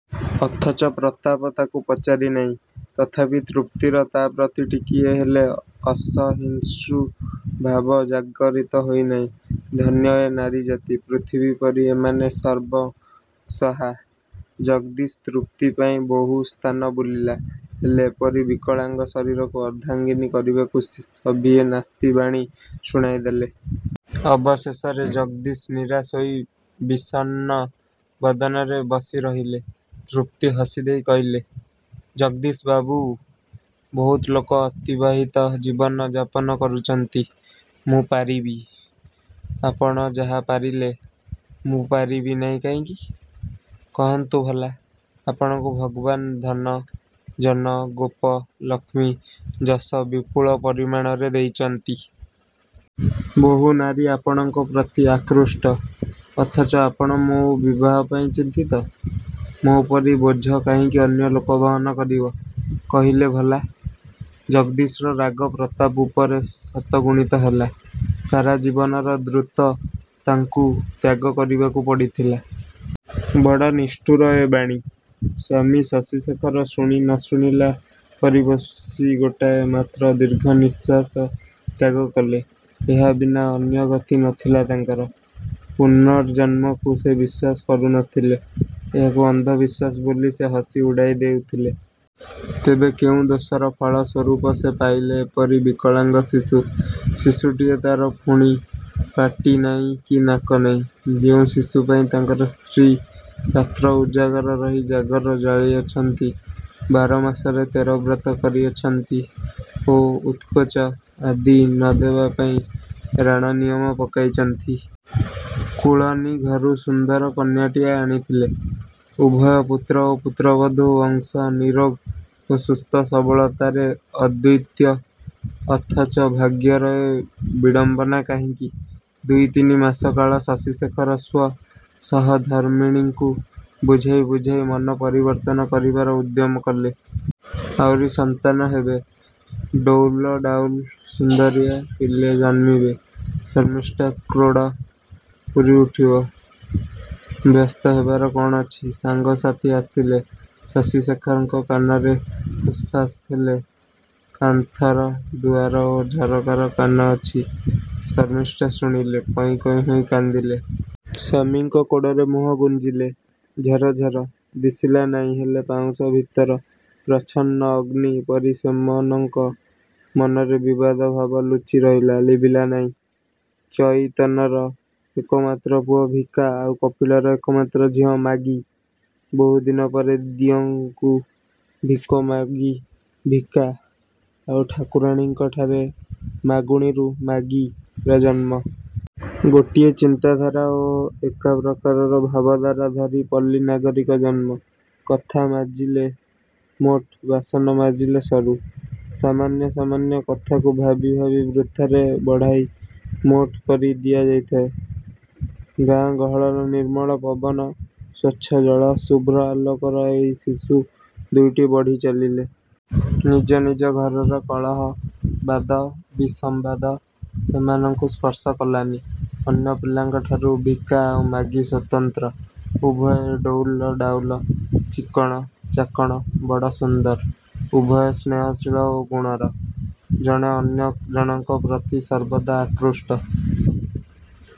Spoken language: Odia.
ଅଥଚ ପ୍ରତାପ ତାକୁ ପଚାରି ନାଇଁ। ତଥାପି ତୃପ୍ତିର ତା ପ୍ରତି ଟିକିଏ ହେଲେ ଅସହିଂସୁ ଭାବ ଜାଗରିତ ହୋଇ ନାହିଁ। ଧନ୍ୟ ଏ ନାରୀ ଜାତି। ପୃଥିବୀ ପରି ଏମାନେ ସର୍ବଂସହା। ଜଗଦୀସ୍ ତୃପ୍ତି ପାଇଁ ବହୁ ସ୍ଥାନ ବୁଲିଲା। ହେଲେ ଏପରି ବିକଳାଙ୍ଗ ଶରୀରକୁ ଅର୍ଦ୍ଧାଙ୍ଗିନୀ କରିବାକୁ ସଭିଏ ନାସ୍ତି ବାଣୀ ଶୁଣାଇ ଦେଲେ। ଅବଶେଷରେ ଜଗଦୀଶ୍ ନିରାଶ ହୋଇ ବିଷର୍ଣ୍ଣ ବଦନରେ ବସିରହିଲେ। ତୃପ୍ତି ହସିଦେଇ କହିଲେ—ଜଗଦୀଶ୍ ବାବୁ! ବହୁତ ଲୋକ ଅତିବାହିତ ଜୀବନ ଯାପନ କରୁଛନ୍ତି। ମୁଁ ପାରିବି! ଆପଣ ଯାହା ପାରିଲେ, ମୁଁ ପାରିବି ନାହିଁ କାହିଁକି? କହନ୍ତୁ ଭଲା, ଆପଣଙ୍କୁ ଭଗବାନ ଧନ, ଜନ, ଗୋପ, ଲକ୍ଷ୍ମୀ, ଯଶ ବିପୁଳ ପରିମାଣରେ ଦେଇଚନ୍ତି। ବହୁନାରୀ ଆପଣଙ୍କ ପ୍ରତି ଆକୃଷ୍ଟ; ଅଥଚ ଆପଣ ମୋ ବିବାହ ପାଇଁ ଚିନ୍ତିତ। ମୋ ପରି ବୋଝ କାହିଁକି ଅନ୍ୟ ଲୋକ ବହନ କରିବ, କହିଲେ ଭଲା। ଜଗଦୀଶ୍ ର ରାଗ ପ୍ରତାପ ଉପରେ ଶତଗୁଣିତ ହେଲା। ସାରା ଜୀବନର ଦ୍ରୁତ ତାଙ୍କୁ ତ୍ୟାଗ କରିବାକୁ ପଡ଼ିଥିଲା। ବଡ଼ ନିଷ୍ଠୁର ଏ ବାଣୀ। ସ୍ୱାମୀ ଶଶୀଶେଖର ଶୁଣି ନ ଶୁଣିଲା ପରି ବସି ଗୋଟାଏ ମାତ୍ର ଦୀର୍ଘନିଃଶ୍ୱାସ ତ୍ୟାଗ କଲେ। ଏହା ବିନା ଅନ୍ୟଗତି ନଥିଲା ତାଙ୍କର। ପୁନର୍ଜନ୍ମକୁ ସେ ବିଶ୍ୱାସ କରୁ ନଥିଲେ। ଏହାକୁ ଅନ୍ଧ ବିଶ୍ୱାସ ବୋଲି ସେ ହସି ଉଡ଼ାଇ ଦେଉଥିଲେ। ତେବେ କେଉଁ ଦୋଷର ଫଳ ସ୍ୱରୂପ ସେ ପାଇଲେ ଏପରି ବିକଳାଙ୍ଗ ଶିଶୁ। ଶିଶୁଟିଏ, ତାର ପୁଣି ପାଟି ନାଇଁ କି ନାକ ନାଇଁ। ଯେଉଁ ଶିଶୁ ପାଇଁ ତାଙ୍କର ସ୍ତ୍ରୀ ରାତ୍ର ଉଜାଗର ରହି ଜାଗର ଜାଳି ଅଛନ୍ତି, ବାର ମାସରେ ତେର ବ୍ରତ କରି ଅଛନ୍ତି ଓ ଉତ୍କୋଚ ଆଦି ନ ଦେବା ପାଇଁ ରାଣ ନିୟମ ପକାଇଛନ୍ତି। କୁଳନୀ ଘରୁ ସୁନ୍ଦର କନ୍ୟାଟିଏ ଆଣିଥିଲେ। ଉଭୟ ପୁତ୍ର ଓ ପୁତ୍ରବଧୁ ବଂଶ ନୀରୋଗ ଓ ସୁସ୍ଥ ସବଳତାରେ ଅଦ୍ୱିତୀୟ; ଅଥଚ ଭାଗ୍ୟର ଏ ବିଡ଼ମ୍ବନା କାହିଁକି? ଦୁଇ ତିନି ମାସ କାଳ ଶଶୀଶେଖର ସ୍ୱ ସହଧର୍ମିଣୀଙ୍କୁ ବୁଝାଇ ବୁଝାଇ ମନ ପରିବର୍ତ୍ତନ କରିବାର ଉଦ୍ୟମ କଲେ। ଆହୁରି ସନ୍ତାନ ହେବେ। ଡଉଲ ଡାଉଲ୍ ସୁନ୍ଦରିଆ ପିଲେ ଜନ୍ମିବେ। ଶର୍ମିଷ୍ଠା କ୍ରୋଡ଼ ପୂରି ଉଠିବ। ବ୍ୟସ୍ତ ହେବାର କ'ଣ ଅଛି? ସାଙ୍ଗ ସାଥୀ ଆସିଲେ ଶଶୀଶେଖରଙ୍କ କାନରେ ଫୁସ୍ ଫାସ୍ ହେଲେ। କାନ୍ଥର ଦୁଆର ଓ ଝରକାର କାନ ଅଛି। ଶର୍ମିଷ୍ଠା ଶୁଣିଲେ। କଇଁ କଇଁ ହୋଇ କାନ୍ଦିଲେ। ସ୍ୱାମୀଙ୍କ କୋଡ଼ରେ ମୁହଁ ଗୁଞ୍ଜିଲେ। ଝର ଝର। ଦିଶିଲା ନାହିଁ, ହେଲେ ପାଉଁଶ ଭିତର ପ୍ରଚ୍ଛନ୍ନ ଅଗ୍ନି ପରି ସେମନଙ୍କ ମନରେ ବିବାଦଭାବ ଲୁଚି ରହିଲା, ଲିଭିଲା ନାହିଁ। ଚଇତନର ଏକମାତ୍ର ପୁଅ 'ଭିକା' ଆଉ କପିଳର ଏକମାତ୍ର ଝିଅ 'ମାଗି'। ବହୁଦିନ ପରେ ଦିଅଁଙ୍କୁ ଭିକ ମାଗି 'ଭିକା' ଆଉ ଠାକୁରାଣୀଙ୍କଠାରେ ମାଗୁଣିରୁ 'ମାଗି'ର ଜନ୍ମ। ଗୋଟିଏ ଚିନ୍ତାଧାରା ଓ ଏକା ପ୍ରକାରର ଭାବଧାରା ଧରି ପଲ୍ଲୀ ନାଗରିକ ଜନ୍ମ। "କଥା ମାଜିଲେ ମୋଟ, ବାସନ ମାଜିଲେ ସରୁ"—ସାମାନ୍ୟ ସାମାନ୍ୟ କଥାକୁ ଭାବି ଭାବି ବୃଥାରେ ବଢ଼ାଇ ମୋଟ୍ କରି ଦିଆ ଯାଇଥାଏ। ଗାଁ ଗହଳର ନିର୍ମଳ ପବନ, ସ୍ୱଚ୍ଛଜଳ, ଶୁଭ୍ର ଆଲୋକର ଏଇ ଶିଶୁ ଦୁଇଟି ବଢ଼ି ଚାଲିଲେ। ନିଜ ନିଜ ଘରର କଳହ, ବାଦ ବିସମ୍ବାଦ ସେମାନଙ୍କୁ ସ୍ପର୍ଶ କଲାନି, ଅନ୍ୟ ପିଲାଙ୍କ ଠାରୁ ଭିକା ଆଉ ମାଗି ସ୍ୱତନ୍ତ୍ର। ଉଭୟେ ଡଉଲ ଡାଉଲ, ଚିକ୍କଣ, ଚାକ୍କଣ, ବଡ଼ ସୁନ୍ଦର। ଉଭୟେ ସ୍ନେହଶୀଳ ଓ ଗୁଣର। ଜଣେ ଅନ୍ୟ ଜଣଙ୍କ ପ୍ରତି ସର୍ବଦା ଆକୃଷ୍ଟ।